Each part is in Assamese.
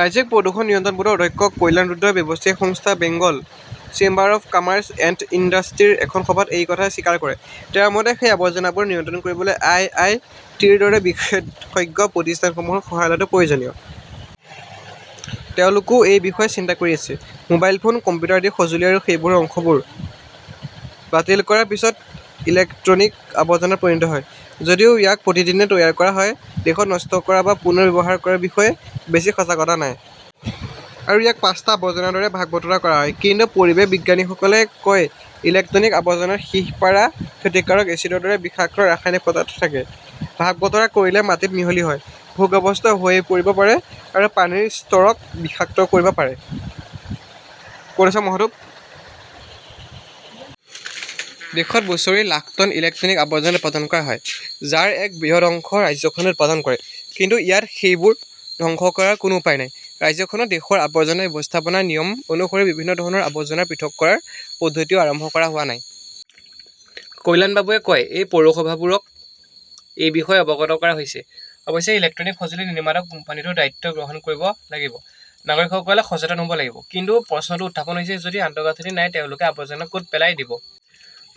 ৰাজ্যিক প্ৰদূষণ নিয়ন্ত্ৰণ বৰ্ডৰ অধ্যক্ষ কল্যাণ ৰুদ্ৰই ব্যৱসায়ী সংস্থা Bengal chamber of commerce and ইণ্ডাষ্ট্ৰীৰ এখন সভাত এই কথা স্বীকাৰ কৰে। তেওঁৰ মতে, সেই আৱৰ্জনাবোৰ নিয়ন্ত্ৰণ কৰিবলৈ আই. আই. টি. ৰ দৰে বিশেষজ্ঞ প্ৰতিষ্ঠানসমূহৰ সহায় লোৱাটো প্ৰয়োজনীয়। তেওঁলোকেও এই বিষয়ে চিন্তা কৰি আছে। মোবাইল ফোন, কম্পিউটাৰ আদি সঁজুলি আৰু সেইবোৰৰ অংশবোৰ বাতিল কৰাৰ পিছত ইলেক্ট্ৰনিক আৱৰ্জনাত পৰিণত হয়। যদিও ইয়াক প্ৰতিদিনে তৈয়াৰ কৰা হয়, দেশত নষ্ট কৰা বা পুনৰ ব্যৱহাৰ কৰাৰ বিষয়ে বেছি সজাগতা নাই। আৰু ইয়াক পাঁচটা আৱৰ্জনাৰ দৰে ভাগ-বতৰা কৰা হয়। কিন্তু পৰিৱেশ বিজ্ঞানীসকলে কয় যে ইলেক্ট্ৰনিক আৱৰ্জনাত সীহ, পাৰা, ক্ষতিকাৰক এচিডৰ দৰে বিষাক্ত ৰাসায়নিক পদাৰ্থ থাকে। ভাগ-বতৰা কৰিলে মাটিত মিহলি হয়। ই ভূগৰ্ভস্থ হৈ পৰিব পাৰে আৰু পানীৰ স্তৰক বিষাক্ত কৰিব পাৰে। দেশত বছৰি লাখ টন ইলেক্ট্ৰনিক আৱৰ্জনা উৎপাদন কৰা হয়, যাৰ এক বৃহৎ অংশ ৰাজ্যখনে উৎপাদন কৰে। কিন্তু ইয়াত সেইবোৰ ধ্বংস কৰাৰ কোনো উপায় নাই। ৰাজ্যখনত দেশৰ আৱৰ্জনা ব্যৱস্থাপনা নিয়ম অনুসৰি বিভিন্ন ধৰণৰ আৱৰ্জনা পৃথক কৰাৰ পদ্ধতিও আৰম্ভ কৰা হোৱা নাই। কল্যাণবাবুৱে কয় যে, পৌৰসভাবোৰক এই বিষয়ে অৱগত কৰা হৈছে। অৱশ্যে ইলেক্ট্ৰনিক সঁজুলি নিৰ্মাতা কোম্পানীটোৱে দায়িত্ব গ্ৰহণ কৰিব লাগিব। নাগৰিকসকলে সচেতন হব লাগিব। কিন্তু প্ৰশ্নটো উত্থাপন হৈছে, যদি আন্তঃগাঁথনি নাই তেওঁলোকে আৱৰ্জনা কত পেলাই দিব?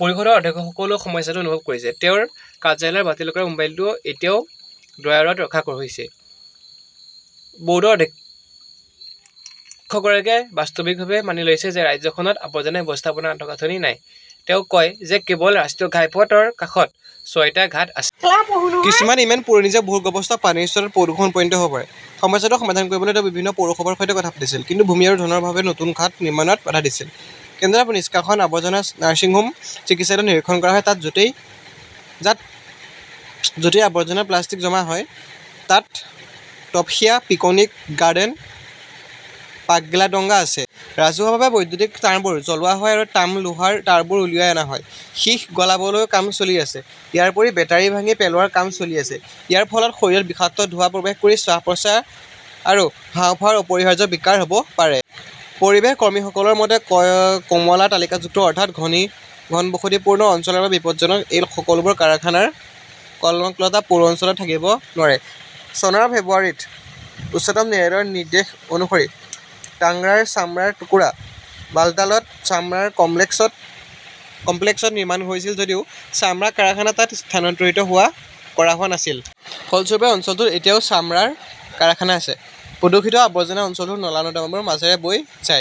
পৰিষদৰ অধ্যক্ষসকলেও সমস্যাটো অনুভৱ কৰিছে। তেওঁৰ কাৰ্যালয়ৰ বাতিল কৰা মোবাইলটো এতিয়াও ড্ৰয়াৰত ৰখা হৈছে। বৰ্ডৰ অধ্যক্ষগৰাকীয়ে বাস্তৱিকভাৱে মানি লৈছে যে ৰাজ্যখনত আৱৰ্জনা ব্যৱস্থাপনাৰ আন্তঃগাঁথনি নাই। তেওঁ কয় যে কেৱল ৰাষ্ট্ৰীয় ঘাইপথ ৰ কাষত ছয়টা ঘাট আছে। কিছুমান ইমান পুৰণি যে ভূগৰ্ভস্থ পানীৰ স্তৰত প্ৰদূষণ উপনীত হব পাৰে। সমস্যাটো সমাধান কৰিবলৈ তেওঁ বিভিন্ন পৌৰসভাৰ সৈতে কথা পাতিছিল। কিন্তু ভূমি আৰু ধনৰ অভাৱে নতুন ঘাট নিৰ্মাণত বাধা দিছিল। কেনেদৰে নিষ্কাশন আৱৰ্জনা, নাৰ্ছিং হোম, চিকিৎসালয়ত নিৰীক্ষণ কৰা হয় তাত য'তেই আৱৰ্জনা প্লাষ্টিক জমা হয় তাত তপসিয়া, পিকনিক গাৰ্ডেন, পাগলাডঙ্গা আছে। ৰাজহুৱাভাৱে বৈদ্যুতিক তাঁৰবোৰ জ্বলোৱা হয় আৰু তাম, লোহাৰ তাঁৰবোৰ উলিয়াই অনা হয়। সীহ গলাবলৈও কাম চলি আছে। ইয়াৰ উপৰিও বেটাৰি ভাঙি পেলোৱাৰ কাম চলি আছে। ইয়াৰ ফলত শৰীৰত বিষাক্ত ধোঁৱা প্ৰৱেশ কৰি শ্বাস-প্ৰশ্বাস আৰু হাঁওফাঁওৰ অপৰিহাৰ্য বিকাৰ হব পাৰে। পৰিৱেশ কৰ্মীসকলৰ মতে, কমলা তালিকাভুক্ত অৰ্থাৎ ঘনবসতিপূৰ্ণ অঞ্চলৰ বাবে বিপদজনক এই সকলোবোৰ কাৰখানা কলকাতা পৌৰ অঞ্চলত থাকিব নোৱাৰে। চনৰ ফেব্ৰুৱাৰীত উচ্চতম ন্যায়ালয়ৰ নিৰ্দেশ অনুসৰি টাংৰাৰ চামৰাৰ টুকুৰা বান্টলাত চামৰাৰ কমপ্লেক্সত নিৰ্মাণ কৰা হৈছিল যদিও চামৰা কাৰখানা তাত স্থানান্তৰিত কৰা হোৱা নাছিল। ফলস্বৰূপে, অঞ্চলটোত এতিয়াও চামৰাৰ কাৰখানা আছে। প্ৰদূষিত আৱৰ্জনা অঞ্চলটোৰ নলা-নৰ্দমাৰ মাজেৰে বৈ যায়।